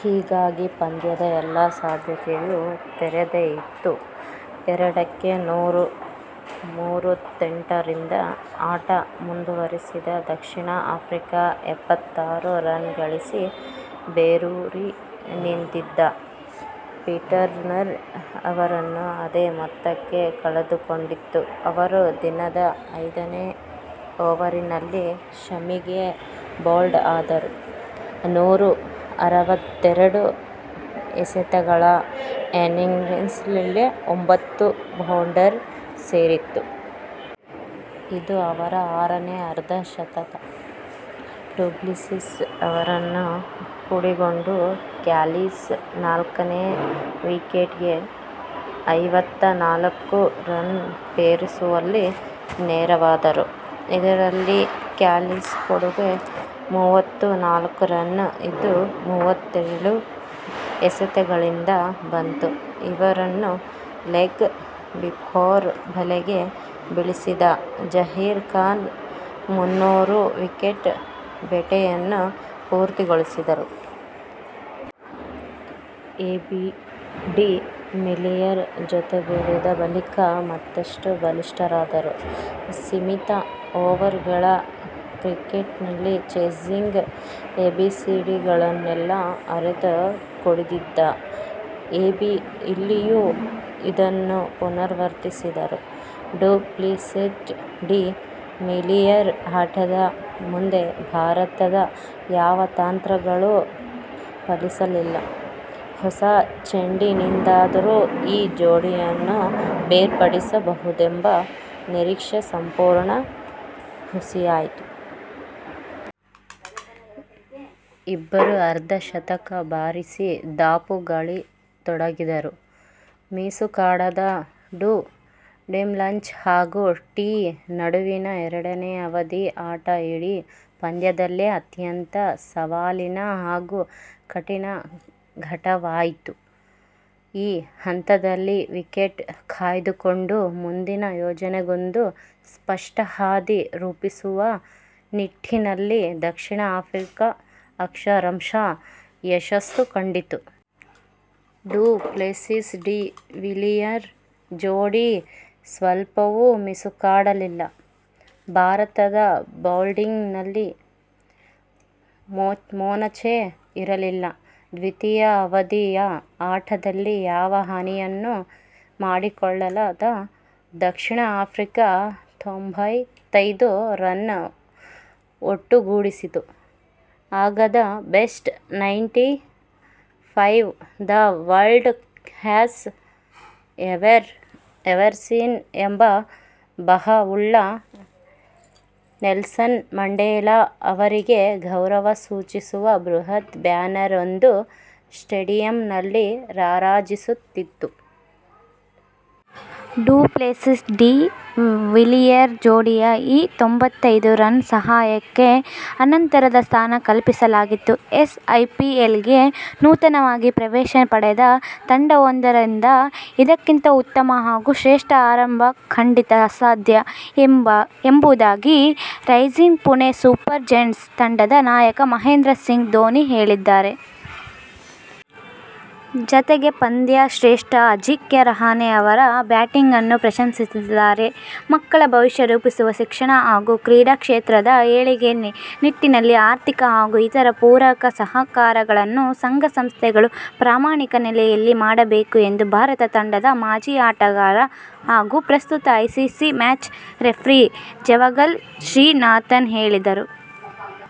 ಹೀಗಾಗಿ ಪಂದ್ಯದ ಎಲ್ಲ ಸಾಧ್ಯತೆಯೂ ತೆರೆದೇ ಇತ್ತು. ಎರಡಕ್ಕೆ ನೂರ ಮೂವತ್ತೆಂಟರಿಂದ ಆಟ ಮುಂದುವರಿಸಿದ ದಕ್ಷಿಣ ಆಫ್ರಿಕಾ, ಎಪ್ಪತ್ತಾರು ರನ್ ಗಳಿಸಿ ಬೇರೂರಿ ನಿಂತಿದ್ದ ಪೀಟರ್ಸನ್ ಅವರನ್ನು ಅದೇ ಮೊತ್ತಕ್ಕೆ ಕಳೆದುಕೊಂಡಿತು. ಅವರು ದಿನದ ಐದನೇ ಓವರಿನಲ್ಲಿ ಶಮಿಗೆ ಬೌಲ್ಡ್ ಆದರು. ನೂರ ಅರವತ್ತೆರಡು ಎಸೆತಗಳ ಇನ್ನಿಂಗ್ಸ್ನಲ್ಲಿ ಒಂಭತ್ತು ಬೌಂಡರಿ ಸೇರಿತ್ತು. ಇದು ಅವರ ಆರನೇ ಅರ್ಧ ಶತಕ. ಡುಪ್ಲೆಸಿಸ್ ಅವರನ್ನು ಕೂಡಿಕೊಂಡ ಕ್ಯಾಲಿಸ್ ನಾಲ್ಕನೇ ವಿಕೆಟಿಗೆ ಐವತ್ತ ನಾಲ್ಕು ರನ್ ಪೇರಿಸುವಲ್ಲಿ ನೆರವಾದರು. ಇದರಲ್ಲಿ ಕ್ಯಾಲಿಸ್ ಕೊಡುಗೆ ಮೂವತ್ತ ನಾಲ್ಕು ರನ್. ಇದು ಮೂವತ್ತೆಳು ಎಸೆತಗಳಿಂದ ಬಂತು. ಇವರನ್ನು ಲೆಗ್ ಬಿಫೋರ್ ಬಲೆಗೆ ಬೀಳಿಸಿದ ಜಹೀರ್ ಖಾನ್ ಮುನ್ನೂರು ವಿಕೆಟ್ ಬೇಟೆಯನ್ನು ಪೂರ್ತಿಗೊಳಿಸಿದರು. ಎಬಿ ಡಿ ವಿಲಿಯರ್ ಜತೆಗೂಡಿದ ಬಳಿಕ ಮತ್ತಷ್ಟು ಬಲಿಷ್ಠರಾದರು. ಸೀಮಿತ ಓವರ್ಗಳ ಕ್ರಿಕೆಟ್ನಲ್ಲಿ ಚೇಸಿಂಗ್ ಎಬಿಸಿಡಿಗಳನ್ನೆಲ್ಲ ಅರೆದು ಕುಡಿದಿದ್ದ ಎಬಿ ಇಲ್ಲಿಯೂ ಇದನ್ನು ಪುನರಾವರ್ತಿಸಿದರು. ಡು ಪ್ಲೆಸಿಸ್-ಡಿ ವಿಲಿಯರ್ ಆಟದ ಮುಂದೆ ಭಾರತದ ಯಾವ ತಂತ್ರಗಳೂ ಫಲಿಸಲಿಲ್ಲ. ಹೊಸ ಚೆಂಡಿನಿಂದಾದರೂ ಈ ಜೋಡಿಯನ್ನು ಬೇರ್ಪಡಿಸಬಹುದೆಂಬ ನಿರೀಕ್ಷೆ ಸಂಪೂರ್ಣ ಹುಸಿಯಾಯಿತು. ಇಬ್ಬರೂ ಅರ್ಧ ಶತಕ ಬಾರಿಸಿ ದಾಪುಗಾಲಿಡತೊಡಗಿದರು. ಮಿಸುಕಾಡದ ಡು-ಡಿಲಂಚ್ ಹಾಗೂ ಟೀ ನಡುವಿನ ಎರಡನೇ ಅವಧಿಯ ಆಟ ಇಡೀ ಪಂದ್ಯದಲ್ಲೇ ಅತ್ಯಂತ ಸವಾಲಿನ ಹಾಗೂ ಕಠಿನ ಘಟ್ಟವಾಗಿತ್ತು. ಈ ಹಂತದಲ್ಲಿ ವಿಕೆಟ್ ಕಾಯ್ದುಕೊಂಡು ಮುಂದಿನ ಯೋಜನೆಗೊಂದು ಸ್ಪಷ್ಟ ಹಾದಿ ರೂಪಿಸುವ ನಿಟ್ಟಿನಲ್ಲಿ ದಕ್ಷಿಣ ಆಫ್ರಿಕಾ ಅಕ್ಷರಶಃ ಯಶಸ್ಸು ಕಂಡಿತು. ಡು ಪ್ಲೆಸಿಸ್- ಡಿ ವಿಲಿಯರ್ ಜೋಡಿ ಸ್ವಲ್ಪವೂ ಮಿಸುಕಾಡಲಿಲ್ಲ. ಭಾರತದ ಬೌಲಿಂಗ್ನಲ್ಲಿ ಮೊನಚೇ ಇರಲಿಲ್ಲ. ದ್ವಿತೀಯ ಅವಧಿಯ ಆಟದಲ್ಲಿ ಯಾವ ಹಾನಿಯನ್ನೂ ಮಾಡಿಕೊಳ್ಳದ ದಕ್ಷಿಣ ಆಫ್ರಿಕಾ ತ್ತೊಂಭತ್ತೈದು ರನ್ ಒಟ್ಟುಗೂಡಿಸಿತು. ಆಗ the best ninety five, the world has ever seen'' ಎಂಬ ಬರಹವುಳ್ಳ, ನೆಲ್ಸನ್ ಮಂಡೇಲಾ ಅವರಿಗೆ ಗೌರವ ಸೂಚಿಸುವ ಬೃಹತ್ ಬ್ಯಾನರ್ ಒಂದು ಸ್ಟೇಡಿಯಂನಲ್ಲಿ ರಾರಾಜಿಸುತ್ತಿತ್ತು. ಡು ಪ್ಲೆಸಿಸ್- ಡಿ ವಿಲಿಯರ್ ಜೋಡಿಯ ಈ ತ್ತೊಂಭತ್ತೈದು ರನ್ ಸಾಹಸಕ್ಕೆ ಅನಂತರದ ಸ್ಥಾನ ಕಲ್ಪಿಸಲಾಗಿತ್ತು. ಎಸ್. ಐಪಿಎಲ್ಗೆ ನೂತನವಾಗಿ ಪ್ರವೇಶ ಪಡೆದ ತಂಡವೊಂದರಿಂದ ಇದಕ್ಕಿಂತ ಉತ್ತಮ ಹಾಗೂ ಶ್ರೇಷ್ಠ ಆರಂಭ ಖಂಡಿತ ಅಸಾಧ್ಯ ಎಂಬುದಾಗಿ 'ರೈಸಿಂಗ್ ಪುಣೆ ಸೂಪರ್ ಜಯಂಟ್ಸ್' ತಂಡದ ನಾಯಕ ಮಹೇಂದ್ರ ಸಿಂಗ್ ಧೋನಿ ಹೇಳಿದ್ದಾರೆ. ಜತೆಗೆ ಪಂದ್ಯಶ್ರೇಷ್ಠ ಅಜಿಂಕ್ಯ ರಹಾನೆ ಅವರ ಬ್ಯಾಟಿಂಗನ್ನೂ ಪ್ರಶಂಸಿಸಿದ್ದಾರೆ. ಮಕ್ಕಳ ಭವಿಷ್ಯ ರೂಪಿಸುವ ಶಿಕ್ಷಣ ಹಾಗೂ ಕ್ರೀಡಾ ಕ್ಷೇತ್ರದ ಏಳಿಗೆ ನಿಟ್ಟಿನಲ್ಲಿ ಆರ್ಥಿಕ ಹಾಗೂ ಇತರ ಪೂರಕ ಸಹಕಾರಗಳನ್ನು ಸಂಘ ಸಂಸ್ಥೆಗಳು ಪ್ರಾಮಾಣಿಕ ನೆಲೆಯಲ್ಲಿ ಮಾಡಬೇಕು ಎಂದು ಭಾರತ ತಂಡದ ಮಾಜಿ ಆಟಗಾರ ಹಾಗೂ ಪ್ರಸ್ತುತ ICC match referee Javagal Srinath ಹೇಳಿದರು.